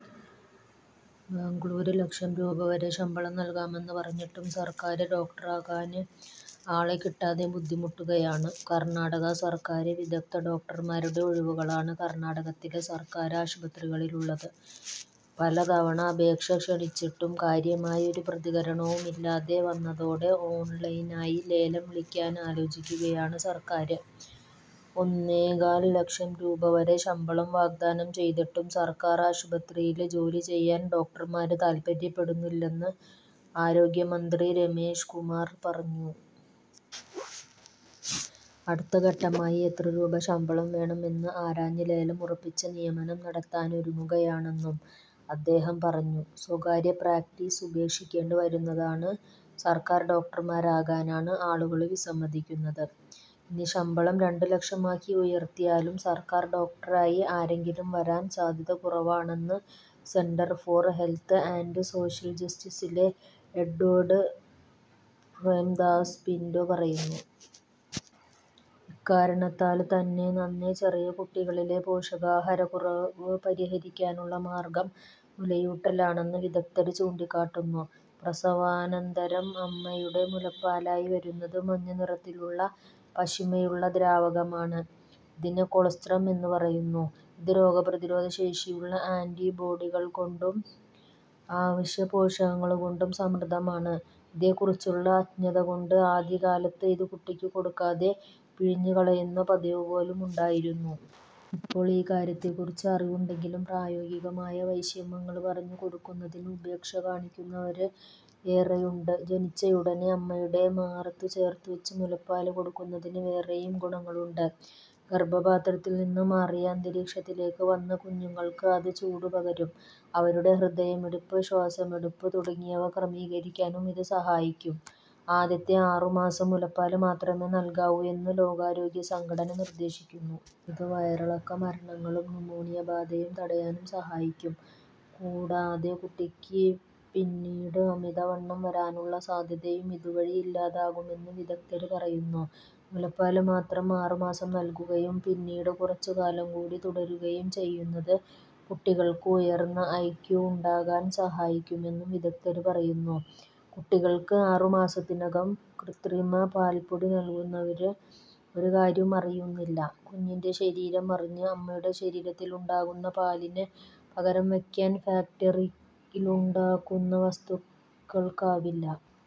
ബെംഗളൂരു: ലക്ഷം രൂപ വരെ ശമ്പളംനൽകാമെന്ന് പറഞ്ഞിട്ടും സർക്കാർ ഡോക്ടറാകാൻ ആളെ കിട്ടാതെ ബുദ്ധിമുട്ടുകയാണ് കർണാടക സർക്കാർ. വിദഗ്ധ ഡോക്ടര്മാരുടെ ഒഴിവുകളാണ് കർണാടകത്തിലെ സർക്കാർ ആശുപത്രികളിലുള്ളത്. പലതവണ അപേക്ഷ ക്ഷണിച്ചിട്ടും കാര്യമായ ഒരു പ്രതികരണവുമില്ലാതെ വന്നതോടെ ഓൺലൈനായി ലേലം വിളിക്കാൻ ആലോചിക്കുകയാണ് സർക്കാർ. ഒന്നേകാൽ ലക്ഷം രൂപ വരെ ശമ്പളം വാഗ്ദാനം ചെയ്തിട്ടും സർക്കാർ ആശുപത്രിയിൽ ജോലി ചെയ്യാൻ ഡോക്ടർമാർ താത്പര്യപ്പെടുന്നില്ലെന്ന് ആരോഗ്യമന്ത്രി രമേശ് കുമാർ പറഞ്ഞു. അടുത്ത ഘട്ടമായി എത്ര രൂപ ശമ്പളം വേണം എന്ന് ആരാഞ്ഞ് ലേലം ഉറപ്പിച്ച് നിയമനം നടത്താൻ ഒരുങ്ങുകയാണെന്നും അദ്ദേഹം പറഞ്ഞു. സ്വകാര്യ പ്രാക്ടീസ് ഉപേക്ഷിക്കേണ്ടി വരുന്നതാണ് സർക്കാർ ഡോക്ടർമാരാകാന് ആളുകൾ വിസമ്മതിക്കുന്നത്. ഇനി ശമ്പളം രണ്ട് ലക്ഷം ആക്കി ഉയർത്തിയാലും സർക്കാർ ഡോക്ടറായി ആരെങ്കിലും വരാൻ സാധ്യത കുറവാണെന്ന് centre for health and social ജസ്റ്റിസിലെ എഡ്വാർഡ് പ്രേംദാസ് പിന്റോ പറയുന്നു. ഇക്കാരണത്താൽത്തന്നെ നന്നേ ചെറിയ കുട്ടികളിലെ പോഷകാഹാരക്കുറവ് പരിഹരിക്കാനുള്ള മാർഗം മുലയൂട്ടലാണെന്ന് വിദഗ്ധർ ചൂണ്ടിക്കാട്ടുന്നു. പ്രസവാനന്തരം അമ്മയുടെ മുലപ്പാലായി വരുന്നത് മഞ്ഞനിറത്തിലുള്ള പശിമയുള്ള ദ്രാവകമാണ്. ഇതിനെ കൊളസ്ട്രം എന്നുപറയുന്നു. ഇത് രോഗപ്രതിരോധ ശേഷിയുള്ള ആന്റിബോഡികൾകൊണ്ടും അവശ്യപോഷകങ്ങൾകൊണ്ടും സമൃദ്ധമാണ്. ഇതേക്കുറിച്ചുള്ള അജ്ഞതകൊണ്ട് ആദ്യകാലത്ത് ഇത് കുട്ടിക്ക് കൊടുക്കാതെ പിഴിഞ്ഞ് കളയുന്ന പതിവുപോലും ഉണ്ടായിരുന്നു. ഇപ്പോൾ ഇക്കാര്യത്തെക്കുറിച്ച് അറിവുണ്ടെങ്കിലും പ്രായോഗികമായ വൈഷമ്യങ്ങൾപറഞ്ഞ് കൊടുക്കുന്നതില് ഉപേക്ഷ കാണിക്കുന്നവര് ഏറെയുണ്ട്. ജനിച്ചയുടന് അമ്മയുടെ മാറത്തുചേർത്തുവെച്ച് മുലപ്പാൽ കൊടുക്കുന്നതിന് വേറെയും ഗുണങ്ങളുണ്ട്. ഗർഭപാത്രത്തിൽനിന്ന് മാറിയ അന്തരീക്ഷത്തിലേക്ക് വന്ന കുഞ്ഞുങ്ങൾക്ക് അത് ചൂടുപകരും. അവരുടെ ഹൃദയമിടിപ്പ്, ശ്വാസമെടുപ്പ് തുടങ്ങിയവ ക്രമീകരിക്കാനും ഇത് സഹായിക്കും. ആദ്യത്തെ ആറുമാസം മുലപ്പാൽമാത്രമേ നൽകാവൂയെന്ന് ലോകാരോഗ്യസംഘടന നിർദേശിക്കുന്നു. ഇത് വയറിളക്കമരണങ്ങളും ന്യൂമോണിയബാധയും തടയാന് സഹായിക്കും. കൂടാതെ, കുട്ടിക്ക് പിന്നീട് അമിതവണ്ണം വരാനുള്ള സാധ്യതയും ഇതുവഴി ഇല്ലാതാകുമെന്ന് വിദഗ്ധർ പറയുന്നു. മുലപ്പാൽമാത്രം ആറുമാസം നൽകുകയും പിന്നീട് കുറച്ചുകാലംകൂടി തുടരുകയും ചെയ്യുന്നത് കുട്ടികൾക്ക് ഉർന്ന ഐ. ക്യൂ. ഉണ്ടാകാൻ സഹായിക്കുമെന്നും വിദഗ്ധർ പറയുന്നു. കുട്ടികളൾക്ക് അറുമാസത്തിനകം കൃത്രമപാൽപൊടി നൽകുന്നവര് ഒരുകാര്യം അറിയുന്നില്ല, കുഞ്ഞിന്റെ ശരീരം അറിഞ്ഞ് അമ്മയുടെ ശരീരത്തിലുണ്ടാകുന്ന പാലിന് പകരംവെയ്ക്കാൻ ഫാക്ടറിയിലുണ്ടാക്കുന്ന വസ്തുക്കൾക്കാവില്ല.